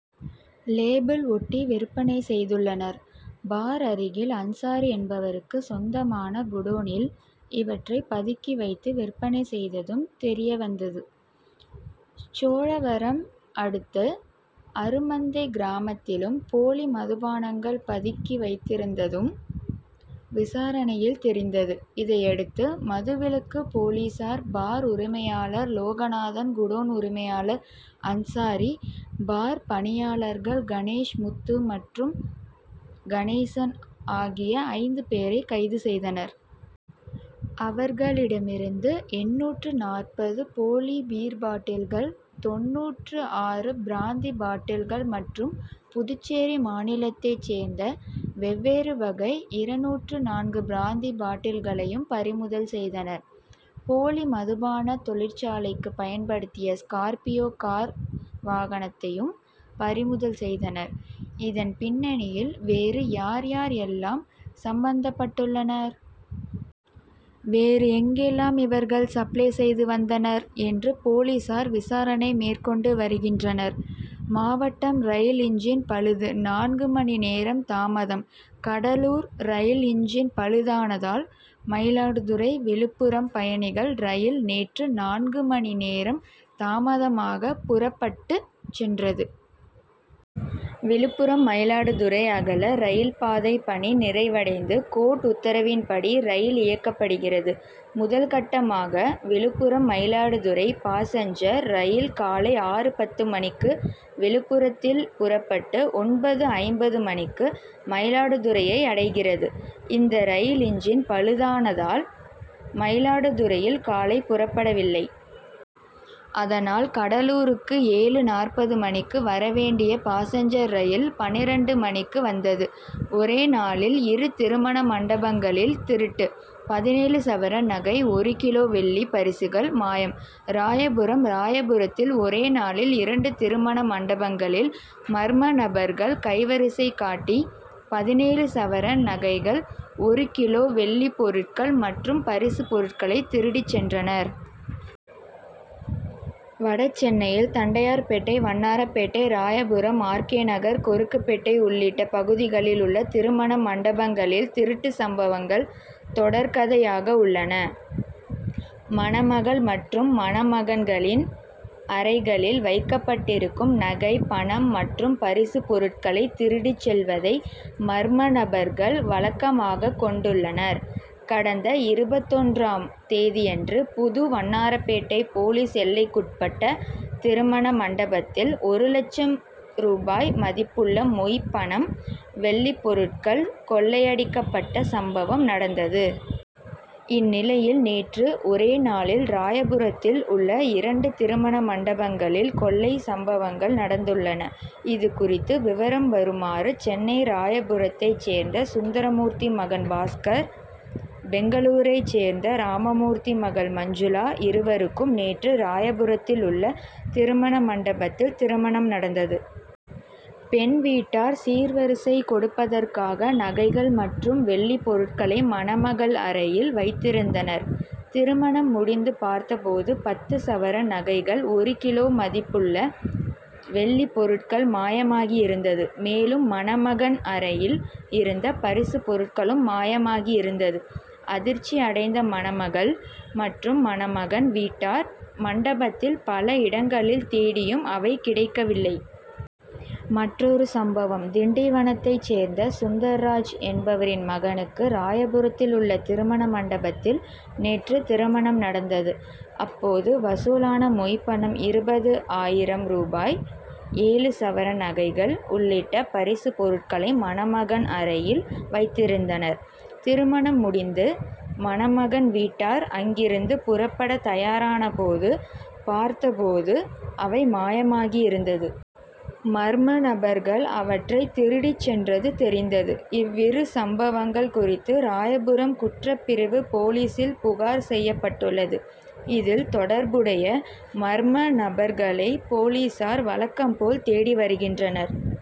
Label ஒட்டி விற்பனை செய்துள்ளனர். பார் அருகில் அன்சாரி என்பவருக்கு சொந்தமான குடோனில் இவற்றை பதுக்கி வைத்து விற்பனை செய்ததும் தெரியவந்தது. சோழவரம் அடுத்த அருமந்தை கிராமத்திலும் போலி மதுபானங்கள் பதுக்கி வைத்திருந்ததும் விசாரணையில் தெரிந்தது. இதையடுத்து மதுவிலக்கு போலீசார் பார் உரிமையாளர் லோகநாதன் குடோன் உரிமையாளர் அன்சாரி பார் பணியாளர்கள் கணேஷ் முத்து மற்றும் கணேசன் ஆகிய ஐந்து பேரை கைது செய்தனர். அவர்களிடமிருந்து எண்ணூற்று நாற்பது போலி பீர் பாட்டில்கள் தொண்ணூற்று ஆறு பிராந்தி பாட்டில்கள் மற்றும் புதுச்சேரி மாநிலத்தை சேர்ந்த வெவ்வேறு வகை இருநூற்று நான்கு பிராந்தி பாட்டில்களையும் பறிமுதல் செய்தனர். போலி மதுபான தொழிற்சாலைக்கு பயன்படுத்திய ஸ்கார்பியோ கார் வாகனத்தையும் பறிமுதல் செய்தனர். இதன் பின்னணியில் வேறு யார் யார் எல்லாம் சம்பந்தப்பட்டுள்ளனர்? வேறு எங்கெல்லாம் இவர்கள் சப்ளை செய்து வந்தனர்? என்று போலீசார் விசாரணை மேற்கொண்டு வருகின்றனர். மாவட்டம் ரயில் இன்ஜின் பழுது நான்கு மணி நேரம் தாமதம் கடலூர் ரயில் இன்ஜின் பழுதானதால் மயிலாடுதுறை விழுப்புரம் பயணிகள் ரயில் நேற்று நான்கு மணி நேரம் தாமதமாக புறப்பட்டுச் சென்றது. விழுப்புரம் மயிலாடுதுறை அகல ரயில் பாதை பணி நிறைவடைந்து கோர்ட் உத்தரவின்படி ரயில் இயக்கப்படுகிறது. முதல் கட்டமாக விழுப்புரம் மயிலாடுதுறை பாசஞ்சர் ரயில் காலை ஆறு பத்து மணிக்கு விழுப்புரத்தில் புறப்பட்டு ஒன்பது ஐம்பது மணிக்கு மயிலாடுதுறையை அடைகிறது. இந்த ரயில் இன்ஜின் பழுதானதால் மயிலாடுதுறையில் காலை புறப்படவில்லை. அதனால் கடலூருக்கு ஏழு நாற்பது மணிக்கு வர வேண்டிய பாசஞ்சர் ரயில் பன்னிரண்டு மணிக்கு வந்தது. ஒரே நாளில் இரு திருமண மண்டபங்களில் திருட்டு பதினேழு சவரன் நகை ஒரு கிலோ வெள்ளி பரிசுகள் மாயம் ராயபுரம் ராயபுரத்தில் ஒரே நாளில் இரண்டு திருமண மண்டபங்களில் மர்ம நபர்கள் கைவரிசை காட்டி பதினேழு சவரன் நகைகள் ஒரு கிலோ வெள்ளிப்பொருட்கள் மற்றும் பரிசு பொருட்களை திருடிச் சென்றனர். வடசென்னையில் தண்டையார்பேட்டை வண்ணாரபேட்டை ராயபுரம் ஆர். கே. நகர் கொருக்குபேட்டை உள்ளிட்ட பகுதிகளில் உள்ள திருமண மண்டபங்களில் திருட்டு சம்பவங்கள் தொடர்கதையாகவுள்ளன. மணமகள் மற்றும் மணமகன்களின் அறைகளில் வைக்கப்பட்டிருக்கும் நகை பணம் மற்றும் பரிசு பொருட்களை திருடிச் செல்வதை மர்மநபர்கள் வழக்கமாகக் கொண்டுள்ளனர். கடந்த இருபத்தொன்றாம் தேதியன்று புது வண்ணாரபேட்டை போலீஸ் எல்லைக்குட்பட்ட திருமண மண்டபத்தில் ஒரு லட்சம் ரூபாய் மதிப்புள்ள மொய் பணம் வெள்ளிப் பொருட்கள் கொள்ளையடிக்கப்பட்ட சம்பவம் நடந்தது. இந்நிலையில் நேற்று ஒரே நாளில் ராயபுரத்தில் உள்ள இரண்டு திருமண மண்டபங்களில் கொள்ளை சம்பவங்கள் நடந்துள்ளன. இது குறித்த விவரம் வருமாறு சென்னை ராயபுரத்தைச் சேர்ந்த சுந்தரமூர்த்தி மகன் பாஸ்கர். பெங்களூரைச் சேர்ந்த ராமமூர்த்தி மகள் மஞ்சுளா. இருவருக்கும் நேற்று ராயபுரத்தில் உள்ள திருமண மண்டபத்தில் திருமணம் நடந்தது. பெண் வீட்டார் சீர்வரிசை கொடுப்பதற்காக நகைகள் மற்றும் வெள்ளி பொருட்களை மணமகள் அறையில் வைத்திருந்தனர். திருமணம் முடிந்து பார்த்தபோது பத்து சவரன் நகைகள் ஒரு கிலோ மதிப்புள்ள வெள்ளி பொருட்கள் மாயமாகி இருந்தது. மேலும் மணமகன் அறையில் இருந்த பரிசு பொருட்களும் மாயமாகி இருந்தது. அதிர்ச்சி அடைந்த மணமகள் மற்றும் மணமகன் வீட்டார் மண்டபத்தின் பல இடங்களில் தேடியும் அவை கிடைக்கவில்லை. மற்றொரு சம்பவம் திண்டிவனத்தைச் சேர்ந்த சுந்தர்ராஜ் என்பவரின் மகனுக்கு ராயபுரத்தில் உள்ள திருமண மண்டபத்தில் நேற்று திருமணம் நடந்தது. அப்போது வசூலான மொய் பணம் இருபது ஆயிரம் ரூபாய் ஏழு சவரன் நகைகள் உள்ளிட்ட பரிசு பொருட்களை மணமகன் அறையில் வைத்திருந்தனர். திருமணம் முடிந்து மணமகன் வீட்டார் அங்கிருந்து புறப்பட தயாரானபோது பார்த்தபோது அவை மாயமாகி இருந்தது. மர்மநபர்கள் அவற்றை திருடிச் சென்றது தெரிந்தது. இவ்விரு சம்பவங்கள் குறித்து ராயபுரம் குற்றப்பிரிவு போலீசில் புகார் செய்யப்பட்டுள்ளது. இதில் தொடர்புடைய மர்ம நபர்களை போலீசார் வழக்கம் போல் தேடி வருகின்றனர்.